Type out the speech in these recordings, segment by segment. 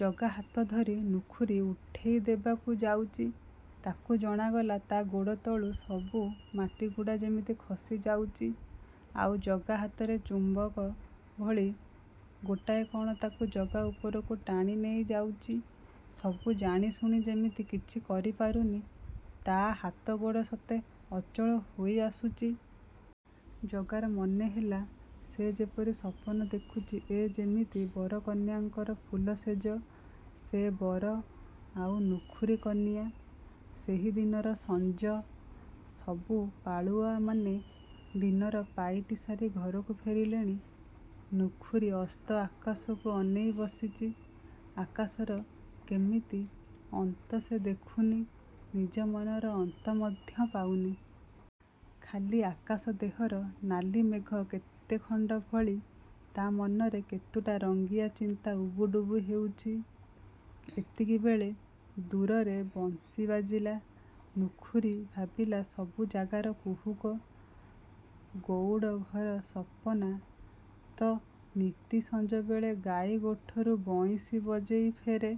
ଜଗା ହାତ ଧରି ନୁଖୁରୀ ଉଠେଇ ଦେବାକୁ ଯାଉଚି, ତାକୁ ଜଣାଗଲା, ତା' ଗୋଡ଼ ତଳୁ ସବୁ ମାଟି ଗୁଡ଼ା ଯେମିତି ଖସି ଯାଉଚି–ଆଉ ଜଗା ହାତରେ ଚୁମ୍ବକ ଭଳି ଗୋଟାଏ କଣ ତାକୁ ଜଗା ଉପରକୁ ଟାଣି ନେଇ ଯାଉଚି। ସବୁ ଜାଣିଶୁଣି ଯେମିତି କିଛି କରିପାରୁନି–ତା' ହାତଗୋଡ଼ ସତେ ଅଚଳ ହୋଇଆସୁଚି। ଜଗାର ମନେ ହେଲା, ସେ ଯେପରି ସପନ ଦେଖୁଚି ଏ ଯେମିତି ବରକନ୍ୟାଙ୍କର ଫୁଲଶେଯ, ସେ ବର, ଆଉ ନୁଖୁରୀ କନିଆ। ସେହି ଦିନର ସଞ୍ଜ। ସବୁ ପାଳୁଆମାନେ ଦିନର ପାଇଟି ସାରି ଘରକୁ ଫେରିଲେଣି, ନୁଖୁରୀ ଅସ୍ତ ଆକାଶକୁ ଅନେଇ ବସିଚି। ଆକାଶର କେମିତି ଅନ୍ତ ସେ ଦେଖୁନି, ନିଜ ମନର ଅନ୍ତ ମଧ୍ୟ ପାଉନି। ଖାଲି ଆକାଶ ଦେହର ନାଲି ମେଘ କେତେଖଣ୍ଡ ଭଳି ତା' ମନରେ କେତୁଟା ରଙ୍ଗିଆ ଚିନ୍ତା ଉବୁଡ଼ୁବୁ ହେଉଚି। ଏତିକିବେଳେ ଦୂରରେ ବଂଶୀ ବାଜିଲା। ନୁଖୁରୀ ଭାବିଲା ସବୁ ଜଗାର କୁହୁକ। ଗଉଡ଼ଘର ସପନା ତ ନିତି ସଞ୍ଜବେଳେ ଗାଈଗୋଠରୁ ବଇଁଶୀ ବଜେଇ ଫେରେ-!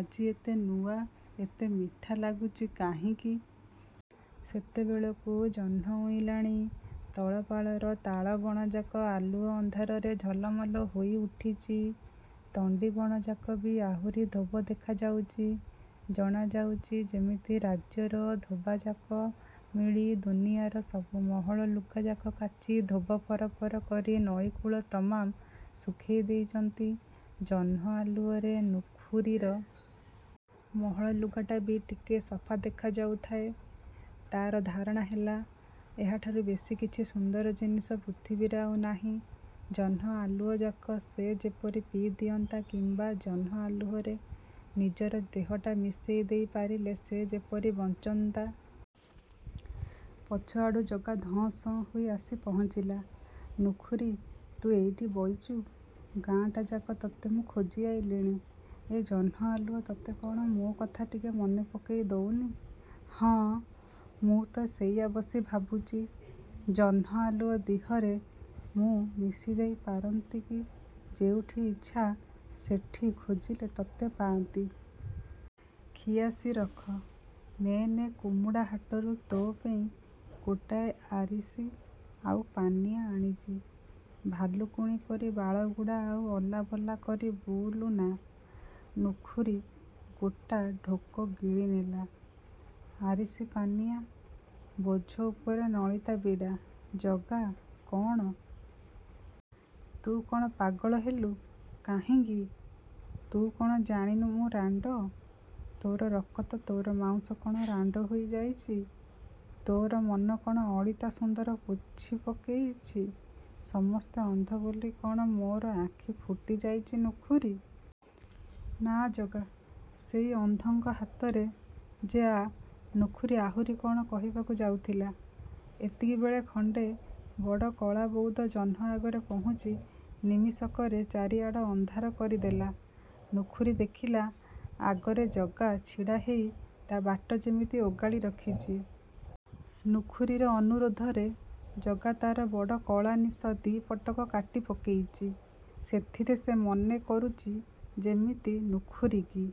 ଆଜି ଏତେ ନୂଆ, ଏତେ ମିଠା ଲାଗୁଚି କାହିଁକି! ସେତେବେଳକୁ ଜହ୍ନ ଉଇଁଲାଣି। ତଳ ପାଳର ତାଳବଣଯାକ ଆଲୁଅ ଅନ୍ଧାରରେ ଝଲମଲ ହୋଇଉଠିଚି। ତଣ୍ଡି ବଣଯାକ ବି ଆହୁରି ଧୋବ ଦେଖାଯାଉଚି,–ଜଣାଯାଉଚି, ଯେମିତି ରାଜ୍ୟର ଧୋବାଯାକ ମିଳି ଦୁନିଆର ସବୁ ମହଳ ଲୁଗାଯାକ କାଚି ଧୋବ ଫରଫର କରି ନଈକୂଳ ତମାମ୍ ଶୁଖେଇ ଦେଇଚନ୍ତି। ଜହ୍ନ ଆଲୁଅରେ ନୁଖୁରୀର। ମହଳ ଲୁଗାଟା ବି ଟିକେ ସଫା ଦେଖାଯାଉଥାଏ। ତାର ଧାରଣା ହେଲା, ଏହାଠାରୁ ବେଶି କିଛି ସୁନ୍ଦର ଜିନିଷ ପୃଥିବୀରେ ଆଉ ନାହିଁ। –ଜହ୍ନ ଆଲୁଅଯାକ ସେ ଯେପରି ପିଇ ଦିଅନ୍ତା କିମ୍ଵା ଜହ୍ନ ଆଲୁଅରେ ନିଜର ଦେହଟା ମିଶେଇ ଦେଇ ପାରିଲେ ସେ ଯେପରି ବଞ୍ଚନ୍ତା। ପଛଆଡ଼ୁ ଜଗା ଧଁ–ସଅଁ ହୋଇ ଆସି ପହଞ୍ଚିଲା। –ନୁଖୁରୀ, ତୁ ଏଇଠି ବଇଚୁ, ଗାଁଟାଯାକ ତତେ ମୁଁ ଖୋଜି ଆଇଲିଣି। ଏ ଜହ୍ନ ଆଲୁଅ ତତେ କଣ ମୋ କଥା ଟିକେ ମନେ ପକେଇ ଦଉନି? –ହଁ, ମୁଁ ତ ସେଇଆ ବସି ଭାବୁଚି। ଜହ୍ନ ଆଲୁଅ ଦିହରେ ମୁଁ ମିଶିଯାଇ ପାରନ୍ତି କି ଯେଉଠି ଇଚ୍ଛା ସେଠି ଖୋଜିଲେ ତତେ ପାଆନ୍ତି। –ଖିଆସି ରଖ। ନେ, ନେ–କୁମୁଡ଼ା ହାଟରୁ ତୋ ପେଇଁ ଗୋଟାଏ ଆରିସି ଆଉ ପାନିଆ ଆଣିଚି। ଭାଲୁକୁଣୀ ପରି ବାଳଗୁଡ଼ା ଆଉ ଅଲା ବଲା କରି ବୁଲୁ ନା। ନୁଖୁରୀ ଗୋଟା ଢୋକ ଗିଳି ନେଲା। ଆରିସି–ପାନିଆଁ! –ବୋଝ ଉପରେ ନଳିତା ବିଡ଼ା। –ଜଗା? –କଣ? –ତୁ କଣ ପାଗଳ ହେଲୁ? –କାହିଁକି? –ତୁ କଣ ଜାଣିନୁ ମୁଁ ରାଣ୍ଡ? –ତୋର ରକତ, ତୋର ମାଉଁସ କଣ ରାଣ୍ଡ ହୋଇ ଯାଇଚି? ତୋର ମନ କଣ ଅଳିତା ସୁନ୍ଦର ପୋଛି ପକେଇଛି? ସମସ୍ତେ ଅନ୍ଧ ବୋଲି କଣ ମୋର ଆଖି ଫୁଟିଯାଇଚି ନୁଖୁରୀ? –ନା ଜଗା, ସେଇ ଅନ୍ଧଙ୍କ ହାତରେ ଯେ ଆ– ନୁଖୁରୀ ଆହୁରି କଣ କହିବାକୁ ଯାଉଥିଲା, ଏତିକିବେଳେ ଖଣ୍ଡେ ବଡ଼ କଳା ବଉଦ ଜହ୍ନ ଆଗରେ ପହୁଞ୍ଚି ନିମିଷକରେ ଚାରିଆଡ଼ ଅନ୍ଧକାର କରିଦେଲା। ନୁଖୁରୀ ଦେଖିଲା, ଆଗରେ ଜଗା ଛିଡ଼ା ହେଇ ତା ବାଟ ଯେମିତି ଓଗାଳି ରଖିଛି। ନୁଖୁରୀର ଅନୁରୋଧରେ ଜଗା ତାର ବଡ଼ କଳା ନିଶ ଦିପଟକ କାଟି ପକେଇଚି। ସେଥିରେ ସେ ମନେ କରୁଚି ଯେମିତି ନୁଖୁରୀକି